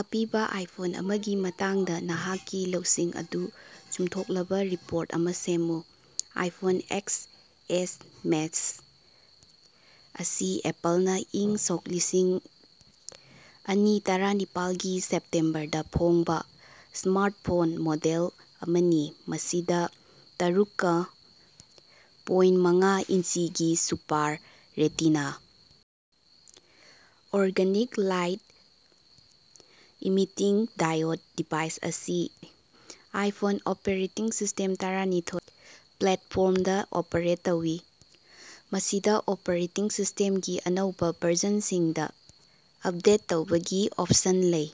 ꯑꯄꯤꯕꯥ ꯑꯥꯏꯐꯣꯟ ꯑꯃꯒꯤ ꯃꯇꯥꯡꯗꯥ ꯅꯍꯥꯛꯀꯤ ꯂꯧꯁꯤꯡ ꯑꯗꯨ ꯆꯨꯝꯊꯣꯛꯂꯕꯥ ꯔꯤꯄꯣꯔꯠ ꯑꯃꯥ ꯁꯦꯝꯃꯨ꯫ ꯑꯥꯏꯐꯣꯟ ꯑꯦꯛꯁꯑꯦꯁ ꯃꯦꯛꯁ ꯑꯁꯤ ꯑꯦꯄꯜꯅꯥ ꯏꯪ ꯁꯣꯛ ꯂꯤꯁꯤꯡ ꯑꯅꯤ ꯇꯔꯥꯅꯤꯄꯥꯜꯒꯤ ꯁꯦꯞꯇꯦꯝꯕꯔꯗꯥ ꯐꯣꯡꯕꯥ ꯁ꯭ꯃꯥꯔꯠꯐꯣꯟ ꯃꯣꯗꯦꯜ ꯑꯃꯅꯤ, ꯃꯁꯤꯗꯥ ꯇꯔꯨꯛꯀꯥ ꯄꯣꯏꯟꯠ ꯃꯉꯥ ꯏꯟꯆꯤꯒꯤ super retina organic light emitting diode device ꯑꯁꯤ ꯑꯥꯏꯐꯣꯟ ꯑꯣꯄꯦꯔꯦꯇꯤꯡ ꯁꯤꯁꯇꯦꯝ ꯇꯔꯥꯅꯤꯊꯣꯏ ꯄ꯭ꯂꯦꯠꯐꯣꯝꯗꯥ ꯑꯣꯄꯔꯦꯠ ꯇꯧꯏ, ꯃꯁꯤꯗꯥ ꯑꯣꯄꯔꯦꯇꯤꯡ ꯁꯤꯁ꯭ꯇꯦꯝꯒꯤ ꯑꯅꯧꯕꯥ ꯚꯔꯖꯟꯁꯤꯡꯗꯥ ꯑꯞꯗꯦꯠ ꯇꯧꯕꯒꯤ ꯑꯣꯞꯁꯟ ꯂꯩ꯫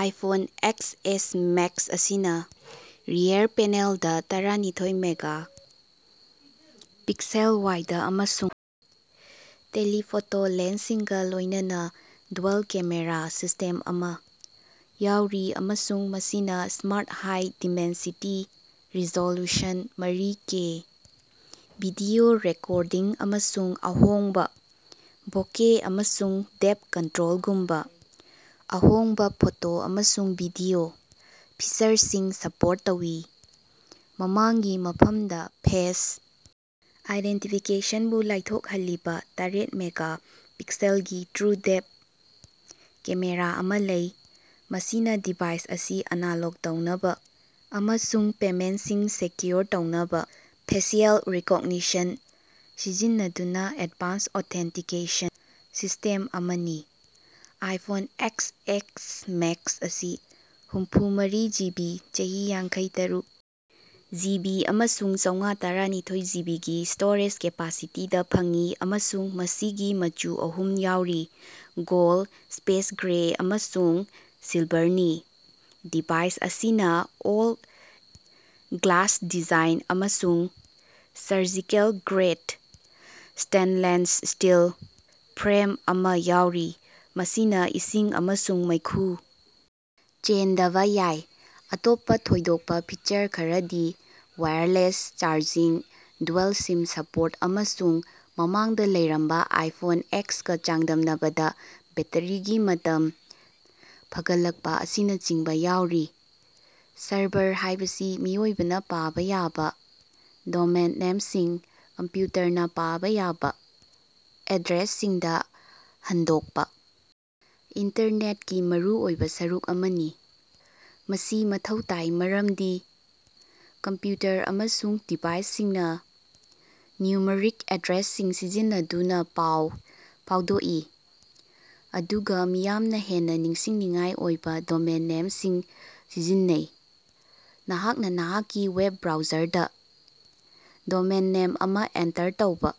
ꯑꯥꯏꯐꯣꯟ ꯑꯦꯛꯁꯑꯦꯁ ꯃꯦꯛꯁ ꯑꯁꯤꯅꯥ ꯔꯤꯑꯦꯔ ꯄꯦꯅꯦꯜꯗꯥ ꯇꯔꯥꯅꯤꯊꯣꯏ ꯃꯦꯒꯥ ꯄꯤꯛꯁꯦꯜ ꯋꯥꯏꯗ ꯑꯃꯁꯨꯡ ꯇꯦꯂꯤꯐꯣꯇꯣ ꯂꯦꯟꯁꯁꯤꯡꯒꯥ ꯂꯣꯏꯅꯅꯥ ꯗ꯭ꯌꯨꯑꯦꯜ-ꯀꯦꯃꯦꯔꯥ ꯁꯤꯁ꯭ꯇꯦꯝ ꯑꯃꯥ ꯌꯥꯎꯔꯤ ꯑꯃꯁꯨꯡ ꯃꯁꯤꯅꯥ ꯁ꯭ꯃꯥꯔꯠ ꯍꯥꯏ ꯗꯤꯃꯦꯟꯁꯤꯇꯤ ꯔꯤꯖꯣꯂꯨꯁꯟ, ꯃꯔꯤ ꯀꯦ ꯚꯤꯗꯤꯑꯣ ꯔꯦꯀꯣꯔꯗꯤꯡ ꯑꯃꯁꯨꯡ ꯑꯍꯣꯡꯕꯥ ꯕꯣꯀꯦ ꯑꯃꯁꯨꯡ ꯗꯦꯞ ꯀꯟꯇ꯭ꯔꯣꯜꯒꯨꯝꯕꯥ ꯑꯍꯣꯡꯕꯥ ꯐꯣꯇꯣ ꯑꯃꯁꯨꯡ ꯚꯤꯗꯤꯑꯣ ꯐꯤꯆꯔꯁꯤꯡ ꯁꯥꯄꯣꯔꯠ ꯇꯧꯏ꯫ ꯃꯃꯥꯡꯒꯤ ꯃꯐꯝꯗꯥ, ꯐꯦꯁ ꯑꯥꯏꯗꯦꯟꯇꯤꯐꯤꯀꯦꯁꯟꯕꯨ ꯂꯥꯏꯊꯣꯛꯍꯜꯂꯤꯕꯥ ꯇꯥꯔꯦꯠ ꯃꯦꯒꯥ ꯄꯤꯛꯁꯦꯜꯒꯤ ꯇ꯭ꯔꯨꯗꯦꯞ ꯀꯦꯃꯦꯔꯥ ꯑꯃꯥ ꯂꯩ ꯃꯁꯤꯅꯥ ꯗꯤꯚꯥꯏꯁ ꯑꯁꯤ ꯑꯅꯥꯂꯣꯛ ꯇꯧꯅꯕꯥ ꯑꯃꯁꯨꯡ ꯄꯦꯃꯦꯟꯁꯤꯡ ꯁꯦꯀ꯭ꯌꯨꯔ ꯇꯧꯅꯕꯥ ꯐꯦꯁꯤꯑꯦꯜ ꯔꯤꯀꯣꯛꯅꯤꯁꯟ ꯁꯤꯖꯤꯟꯅꯗꯨꯅꯥ ꯑꯦꯠꯚꯥꯟꯁ ꯑꯣꯊꯦꯟꯇꯤꯀꯦꯁꯟ ꯁꯤꯁꯇꯦꯝ ꯑꯃꯅꯤ꯫ ꯑꯥꯏꯐꯣꯟ ꯑꯦꯛꯁꯑꯦꯁ ꯃꯦꯛꯁ ꯑꯁꯤ ꯍꯨꯝꯐꯨꯃꯔꯤ ꯖꯤꯕꯤ, ꯆꯥꯅꯤ ꯌꯥꯡꯈꯩꯇꯥꯔꯨꯛ ꯖꯤꯕꯤ ꯑꯃꯁꯨꯡ ꯆꯧꯉꯥ ꯇꯔꯥꯅꯤꯊꯣꯏ ꯖꯤꯕꯤꯒꯤ ꯁ꯭ꯇꯣꯔꯦꯖ ꯀꯦꯄꯥꯁꯤꯇꯤꯗꯥ ꯐꯪꯏ ꯑꯃꯁꯨꯡ ꯃꯁꯤꯒꯤ ꯃꯆꯨ ꯑꯍꯨꯝ ꯌꯥꯎꯔꯤ: ꯒꯣꯜꯗ, ꯁ꯭ꯄꯦꯁ ꯒ꯭ꯔꯦ ꯑꯃꯁꯨꯡ ꯁꯤꯜꯚꯥꯔꯅꯤ꯫ ꯗꯤꯚꯥꯏꯁ ꯑꯁꯤꯅꯥ ꯑꯣꯜ-ꯒ꯭ꯂꯥꯁ ꯗꯤꯖꯥꯏꯟ ꯑꯃꯁꯨꯡ ꯁꯔꯖꯤꯀꯦꯜ-ꯒ꯭ꯔꯦꯠ ꯁ꯭ꯇꯦꯟꯂꯦꯁ ꯁ꯭ꯇꯤꯜ ꯐ꯭ꯔꯦꯝ ꯑꯃꯥ ꯌꯥꯎꯔꯤ, ꯃꯁꯤꯅꯥ ꯏꯁꯤꯡ ꯑꯃꯁꯨꯡ ꯃꯩꯈꯨ ꯆꯦꯟꯗꯕꯥ ꯌꯥꯏ꯫ ꯑꯇꯣꯞꯄꯥ ꯊꯣꯏꯗꯣꯛꯄꯥ ꯐꯤꯆꯔ ꯈꯔꯗꯤ ꯋꯥꯏꯌꯔꯂꯦꯁ ꯆꯥꯔꯖꯤꯡ, ꯗ꯭ꯌꯨꯑꯦꯜ-ꯁꯤꯝ ꯁꯄꯣꯠ ꯑꯃꯁꯨꯡ ꯃꯃꯥꯡꯗꯥ ꯂꯩꯔꯝꯕꯥ ꯑꯥꯏꯐꯣꯟ ꯑꯦꯛꯁꯀꯥ ꯆꯥꯡꯗꯝꯅꯕꯗꯥ ꯕꯦꯠꯇꯔꯤꯒꯤ ꯃꯇꯝ ꯐꯒꯠꯂꯛꯄꯥ ꯑꯁꯤꯅꯆꯤꯡꯕꯥ ꯌꯥꯎꯔꯤ꯫ ꯁꯔꯚꯔ ꯍꯥꯏꯕꯁꯤ ꯃꯤꯑꯣꯏꯕꯅꯥ ꯄꯥꯕꯥ ꯌꯥꯕꯥ ꯗꯣꯃꯦꯟ ꯅꯦꯝꯁꯤꯡ, ꯀꯝꯄ꯭ꯌꯨꯇꯔꯅꯥ ꯄꯥꯕꯥ ꯌꯥꯕꯥ ꯑꯦꯗ꯭ꯔꯦꯁꯁꯤꯡꯗꯥ ꯍꯟꯗꯣꯛꯄꯥ ꯏꯟꯇꯔꯅꯦꯠꯀꯤ ꯃꯔꯨꯑꯣꯏꯕꯥ ꯁꯔꯨꯛ ꯑꯃꯅꯤ꯫ ꯃꯁꯤ ꯃꯊꯧ ꯇꯥꯏ ꯃꯔꯝꯗꯤ ꯀꯝꯄ꯭ꯌꯨꯇꯔ ꯑꯃꯁꯨꯡ ꯗꯤꯚꯥꯏꯁꯁꯤꯡꯅꯥ ꯅ꯭ꯌꯨꯃꯔꯤꯛ ꯑꯦꯗ꯭ꯔꯦꯁꯁꯤꯡ ꯁꯤꯖꯤꯟꯅꯗꯨꯅꯥ ꯄꯥꯎ ꯐꯥꯎꯗꯣꯛꯏ, ꯑꯗꯨꯒꯥ ꯃꯤꯌꯥꯝꯅꯥ ꯍꯦꯟꯅꯥ ꯅꯤꯡꯁꯤꯡꯅꯤꯡꯉꯥꯏ ꯑꯣꯏꯕꯥ ꯗꯣꯃꯦꯟ ꯅꯦꯝꯁꯤꯡ ꯁꯤꯖꯤꯟꯅꯩ꯫ ꯅꯍꯥꯛꯅꯥ ꯅꯍꯥꯛꯀꯤ ꯋꯦꯞ ꯕ꯭ꯔꯥꯎꯖꯔꯗꯥ ꯗꯣꯃꯦꯟ ꯅꯦꯝ ꯑꯃꯥ ꯑꯦꯟꯇꯔ ꯇꯧꯕꯥ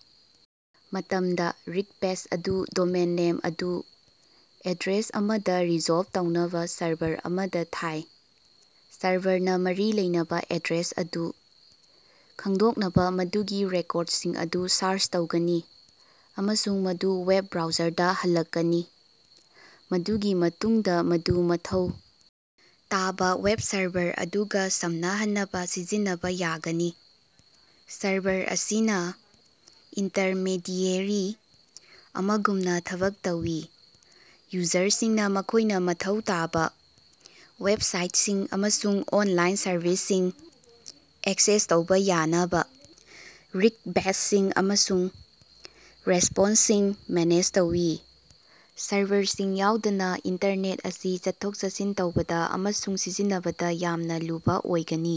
ꯃꯇꯝꯗꯥ, ꯔꯤꯛꯕꯦꯁ ꯑꯗꯨ ꯗꯣꯃꯦꯟ ꯅꯦꯝ ꯑꯗꯨ ꯑꯦꯗ꯭ꯔꯦꯁ ꯑꯃꯗꯥ ꯔꯤꯖꯣꯜꯕ ꯇꯧꯅꯕꯥ ꯁꯔꯚꯔ ꯑꯃꯗꯥ ꯊꯥꯏ꯫ ꯁꯔꯚꯔꯅꯥ ꯃꯔꯤ ꯂꯩꯅꯕꯥ ꯑꯦꯗ꯭ꯔꯦꯁ ꯑꯗꯨ ꯈꯪꯗꯣꯛꯅꯕꯥ ꯃꯗꯨꯒꯤ ꯔꯦꯀꯣꯔꯗꯁꯤꯡ ꯑꯗꯨ ꯁꯥꯔꯆ ꯇꯧꯒꯅꯤ ꯑꯃꯁꯨꯡ ꯃꯗꯨ ꯋꯦꯕ ꯕ꯭ꯔꯥꯎꯖꯔꯗꯥ ꯍꯜꯂꯛꯀꯅꯤ, ꯃꯗꯨꯒꯤ ꯃꯇꯨꯡꯗꯥ ꯃꯗꯨ ꯃꯊꯧ ꯇꯥꯕꯥ ꯋꯦꯕ ꯁꯔꯚꯔ ꯑꯗꯨꯒꯥ ꯁꯝꯅꯍꯟꯅꯕꯥ ꯁꯤꯖꯤꯟꯅꯕꯥ ꯌꯥꯒꯅꯤ꯫ ꯁꯔꯚꯔ ꯑꯁꯤꯅꯥ ꯏꯟꯇꯔꯃꯦꯗꯤꯑꯦꯔꯤ ꯑꯃꯒꯨꯝꯅꯥ ꯊꯕꯛ ꯇꯧꯏ, ꯌꯨꯖꯔꯁꯤꯡꯅꯥ ꯃꯈꯣꯏꯅꯥ ꯃꯊꯧ ꯇꯥꯕꯥ ꯋꯦꯞꯁꯥꯏꯠꯁꯤꯡ ꯑꯃꯁꯨꯡ ꯑꯣꯟꯂꯥꯏꯟ ꯁꯔꯚꯤꯁꯁꯤꯡ ꯑꯦꯛꯁꯦꯁ ꯇꯧꯕꯥ ꯌꯥꯅꯕꯥ ꯔꯤꯛꯕꯦꯁꯁꯤꯡ ꯑꯃꯁꯨꯡ ꯔꯦꯁꯄꯣꯟꯁꯁꯤꯡ ꯃꯦꯅꯦꯖ ꯇꯧꯏ꯫ ꯁꯔꯚꯔꯁꯤꯡ ꯌꯥꯎꯗꯅꯥ ꯏꯟꯇꯔꯅꯦꯠ ꯑꯁꯤ ꯆꯠꯊꯣꯛ-ꯆꯠꯁꯤꯟ ꯇꯧꯕꯗꯥ ꯑꯃꯁꯨꯡ ꯁꯤꯖꯤꯟꯅꯕꯗꯥ ꯌꯥꯝꯅꯥ ꯂꯨꯕꯥ ꯑꯣꯏꯒꯅꯤ꯫